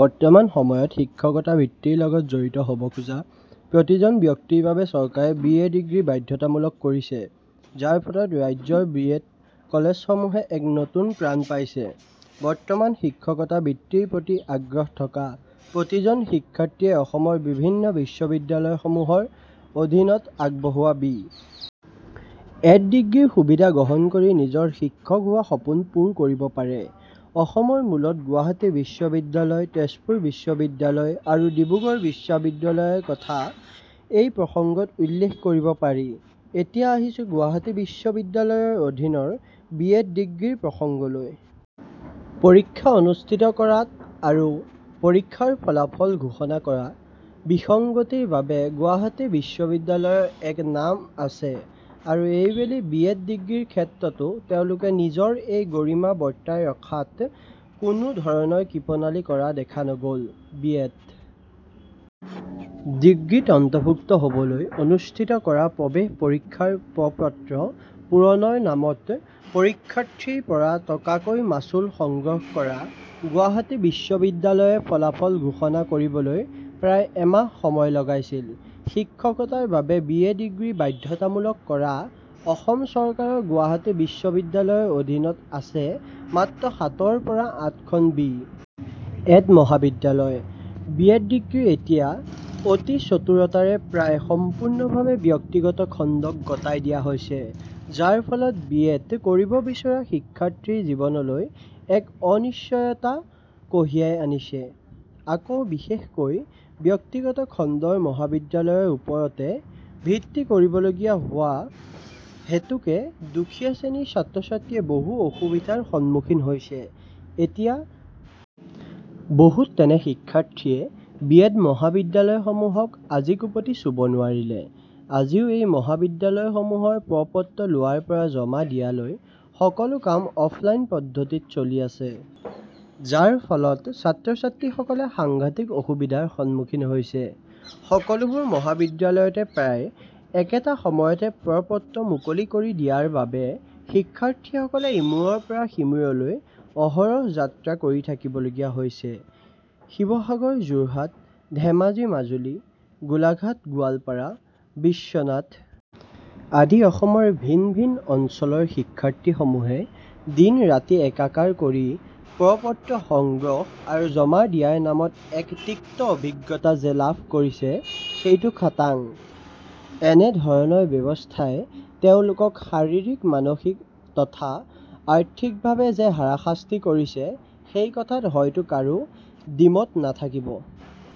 বৰ্তমান সময়ত শিক্ষকতা বৃত্তিৰ লগত জড়িত হব খোজা প্ৰতিজন ব্যক্তিৰ বাবে চৰকাৰে বি. এড. ডিগ্ৰী বাধ্যতামূলক কৰিছে, যাৰ ফলত ৰাজ্যৰ বি. এড. কলেজসমূহে এক নতুন প্ৰাণ পাইছে। বৰ্তমান শিক্ষকতা বৃত্তিৰ প্ৰতি আগ্ৰহ থকা প্ৰতিজন শিক্ষাৰ্থীয়ে অসমৰ বিভিন্ন বিশ্ববিদ্যালয়সমূহৰ অধীনত আগবঢ়োৱা বি. এড. ডিগ্ৰীৰ সুবিধা গ্ৰহণ কৰি নিজৰ শিক্ষক হোৱা সপোন পূৰ কৰিব পাৰে। অসমৰ মূলতঃ গুৱাহাটী বিশ্ববিদ্যালয়, তেজপুৰ বিশ্ববিদ্যালয় আৰু ডিব্ৰুগড় বিশ্ববিদ্যালয়ৰ কথা এই প্ৰসংগত উল্লেখ কৰিব পাৰি। এতিয়া আহিছো গুৱাহাটী বিশ্ববিদ্যালয়ৰ অধীনৰ বি. এড. ডিগ্ৰীৰ প্ৰসংগলৈ। পৰীক্ষা অনুষ্ঠিত কৰাত আৰু পৰীক্ষাৰ ফলাফল ঘোষণাত কৰা বিসংগতিৰ বাবে গুৱাহাটী বিশ্ববিদ্যালয়ৰ এক নাম আছে আৰু এইবেলি বি. এড. ডিগ্ৰীৰ ক্ষেত্ৰতো তেওঁলোকে নিজৰ এই গৰিমা বৰ্তাই ৰখাত কোনো ধৰণৰ কৃপণালি কৰা দেখা নগ'ল। বি.এড. ডিগ্ৰীত অন্তৰ্ভুক্ত হবলৈ অনুষ্ঠিত কৰা প্ৰৱেশ পৰীক্ষাৰ প্ৰপত্ৰ পূৰণৰ নামত পৰীক্ষাৰ্থীৰ পৰা টকাকৈ মাচুল সংগ্ৰহ কৰা গুৱাহাটী বিশ্ববিদ্যালয়ে ফলাফল ঘোষণা কৰিবলৈ প্ৰায় এমাহ সময় লগাইছিল। শিক্ষকতাৰ বাবে বি. এড. ডিগ্ৰী বাধ্যতামূলক কৰা অসম চৰকাৰৰ গুৱাহাটী বিশ্ববিদ্যালয়ৰ অধীনত আছে মাত্ৰ সাতৰ পৰা আঠখন বি. এড. মহাবিদ্যালয়। বি. এড. ডিগ্ৰী এতিয়া অতি চতুৰতাৰে প্ৰায় সম্পূৰ্ণভাৱে ব্যক্তিগত খণ্ডক গতাই দিয়া হৈছে। যাৰ ফলত বি. এড. কৰিব বিচৰা শিক্ষাৰ্থীৰ জীৱনলৈ এক অনিশ্চয়তা কঢ়িয়াই আনিছে, আকৌ বিশেষকৈ ব্যক্তিগত খণ্ডৰ মহাবিদ্যালয়ৰ ওপৰতে ভিত্তি কৰিবলগীয়া হোৱা হেতুকে দুখীয়া শ্ৰেণীৰ ছাত্ৰছাত্ৰীয়ে বহু অসুবিধাৰ সন্মুখীন হৈছে। এতিয়া বহুত তেনে শিক্ষাৰ্থীয়ে বি. এড. মহাবিদ্যালয়সমূহক আজিকোপতি চুব নোৱাৰিলে। আজিও এই মহাবিদ্যালয়সমূহৰ প্ৰপত্ৰ লোৱাৰ পৰা জমা দিয়ালৈ সকলো কাম অফলাইন পদ্ধতিত চলি আছে। যাৰ ফলত ছাত্ৰছাত্ৰীসকলে সাংঘাটিক অসুবিধাৰ সন্মুখীন হৈছে। সকলোবোৰ মহাবিদ্যালয়তে প্ৰায় একেটা সময়তে প্ৰপত্ৰ মুকলি কৰি দিয়াৰ বাবে শিক্ষাৰ্থীসকলে ইমূৰৰ পৰা সিমূৰলৈ অহৰহ যাত্ৰা কৰি থাকিবলগীয়া হৈছে। শিৱসাগৰ, যোৰহাট, ধেমাজি, মাজুলী, গোলাঘাটগোৱালপাৰা, বিশ্বনাথ আদি অসমৰ ভিন ভিন অঞ্চলৰ শিক্ষাৰ্থীসমূহে দিন ৰাতি একাকাৰ কৰি প্ৰপত্ৰ সংগ্ৰহ আৰু জমা দিয়াৰ নামত এক তিক্ত অভিজ্ঞতা যে লাভ কৰিছে সেইটো খাটাং। এনে ধৰণৰ ব্যৱস্হাই তেওঁলোকক শাৰিৰীক, মানসিক তথা আৰ্থিকভাৱে যে হাৰাশাস্তি কৰিছে সেই কথাত হয়তো কাৰো দ্বিমত নাথাকিব।